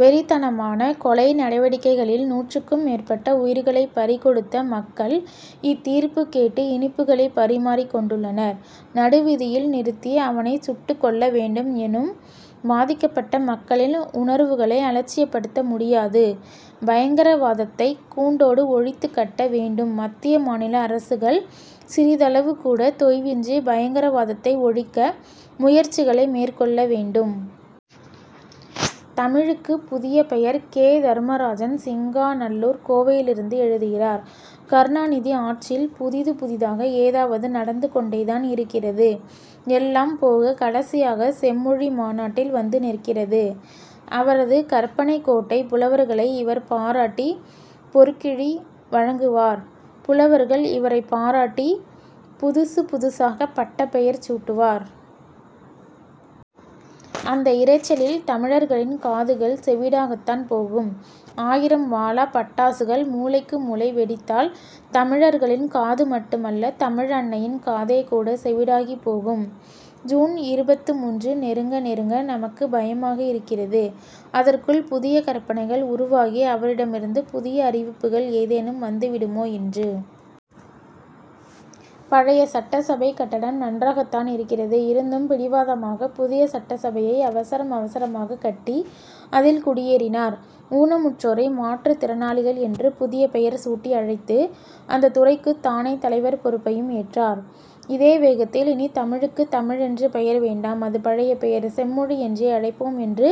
வெறித்தனமான கொலை நடவடிக்கைகளில் நூற்றுக்கும் மேற்பட்ட உயிர்களைப் பறி கொடுத்த மக்கள் இத்தீர்ப்புக் கேட்டு இனிப்புகளை பரிமாறிக் கொண்டுள்ளனர். நடுவீதியில் நிறுத்தி அவனைச் சுட்டுக்கொல்ல வேண்டும் எனும் பாதிக்கப்பட்ட மக்களின் உணர்வுகளை அலட்சியப்படுத்த முடியாது. பயங்கரவாதத்தை கூண்டோடு ஒழித்துக் கட்ட வேண்டும். மத்திய மாநில அரசுகள் சிறிதளவுகூட தொய்வின்றி பயங்கரவாதத்தை ஒழிக்க முயற்சிகளை மேற்கொள்ள வேண்டும். தமிழுக்குப் புதிய பெயர் கே. தர்மராஜன் சிங்காநல்லூர் கோவையிலிருந்து எழுதுகிறார் கருணாநிதி ஆட்சியில் புதிது புதிதாக ஏதாவது நடந்து கொண்டே தான் இருக்கிறது. எல்லாம் போக கடைசியாக செம்மொழி மாநாட்டில் வந்து நிற்கிறது அவரது கற்பனைக் கோட்டை. புலவர்களை இவர் பாராட்டி பொற்கிழி வழங்குவார். புலவர்கள் இவரைப் பாராட்டி புதுசு புதுசாக பட்டப் பெயர் சூட்டுவார். அந்த இரைச்சலில் தமிழர்களின் காதுகள் செவிடாகத்தான் போகும். ஆயிரம் வாலா பட்டாசுகள் மூலைக்கு மூலை வெடித்தால் தமிழர்களின் காது மட்டுமல்ல தமிழ் அன்னையின் காதே கூட செவிடாகிப்போகும். ஜூன் இருபத்து மூன்று நெருங்க நெருங்க நமக்கு பயமாக இருக்கிறது. அதற்குள் புதிய கற்பனைகள் உருவாகி அவரிடமிருந்து புதிய அறிவிப்புகள் ஏதேனும் வந்து விடுமோ என்று. பழைய சட்டசபைக் கட்டடம் நன்றாகதான் இருக்கிறது. இருந்தும் பிடிவாதமாக புதிய சட்டசபையை அவசரம் அவசரமாகக் கட்டி அதில் குடியேறினார். ஊனமுற்றோரை மாற்றுத் திறனாளிகள் என்று புதிய பெயர் சூட்டி அழைத்து அந்த துறைக்கு தானே தலைவர் பொறுப்பையும் ஏற்றார். இதே வேகத்தில் இனி தமிழுக்கு தமிழ் என்று பெயர் வேண்டாம் அது பழைய பெயர் செம்மொழி என்றே அழைப்போம் என்று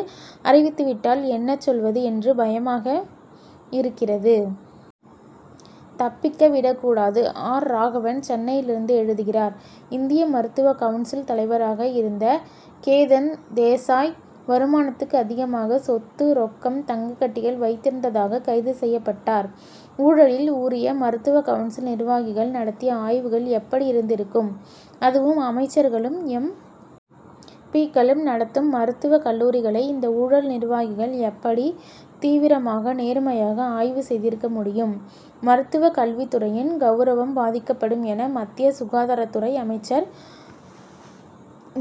அறிவித்துவிட்டால் என்ன சொல்வது என்று பயமாக இருக்கிறது. தப்பிக்க விடக் கூடாது ஆர். ராகவன் சென்னை யிலிருந்து எழுதுகிறார் இந்திய மருத்துவக் கவுன்சில் தலைவராக இருந்த கேதன் தேசாய் வருமானத்துக்கு அதிகமாக சொத்து ரொக்கம் தங்கக்கட்டிகள் வைத்திருந்ததாக கைது செய்யப்பட்டார். ஊழலில் ஊறிய மருத்துவக் கவுன்சில் நிர்வாகிகள் நடத்திய ஆய்வுகள் எப்படி இருந்திருக்கும். அதுவும் அமைச்சர்களும் எம். பி.க்களும் நடத்தும் மருத்துவக் கல்லூரிகளை இந்த ஊழல் நிர்வாகிகள் எப்படி தீவிரமாக நேர்மையாக ஆய்வு செய்திருக்க முடியும். மருத்துவக் கல்வித்துறையின் கவுரவம் பாதுகாக்கப்படும் என மத்திய சுகாதாரத்துறை அமைச்சர்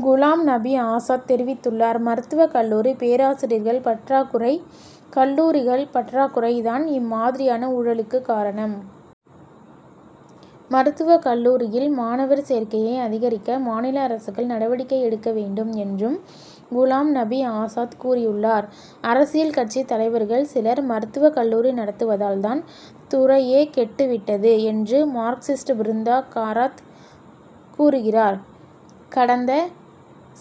குலாம் நபி ஆசாத் தெரிவித்துள்ளார். மருத்துவக் கல்லூரி பேராசிரியர்கள் பற்றாக்குறை கல்லூரிகள் பற்றாக்குறை தான் இம்மாதிரி ஊழலுக்கு காரணம். மருத்துவக் கல்லூரியில் மாணவர் சேர்க்கையை அதிகரிக்க மாநில அரசுகள் நடவடிக்கை எடுக்க வேண்டும் என்றும் குலாம் நபி ஆசாத் கூறியுள்ளார். அரசியல் கட்சித் தலைவர்கள் சிலர் மருத்துவக் கல்லூரி நடத்துவதால் தான் துறையே கெட்டு விட்டது என்று மார்க்சிஸ்ட் பிருந்தா கராத் கூறுகிறார். கடந்த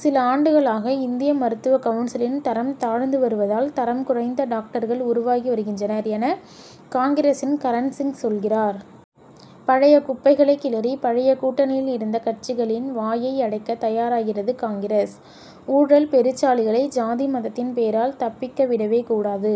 சில ஆண்டுகளாக இந்திய மருத்துவக் கவுன்சிலின் தரம் தாழ்ந்து வருவதால் தரம் குறைந்த டாக்டர்கள் உருவாகி வருகின்றனர் என காங்கிரசின் கரண்சிங் சொல்கிறார். பழைய குப்பைகளைக் கிளறி பழைய கூட்டணியில் இருந்த கட்சிகளின் வாயை அடைக்க தயாராகிறது காங்கிரஸ். ஊழல் பெருச்சாளிகளை ஜாதி மதத்தின் பேரால் தப்பிக்க விடவே கூடாது.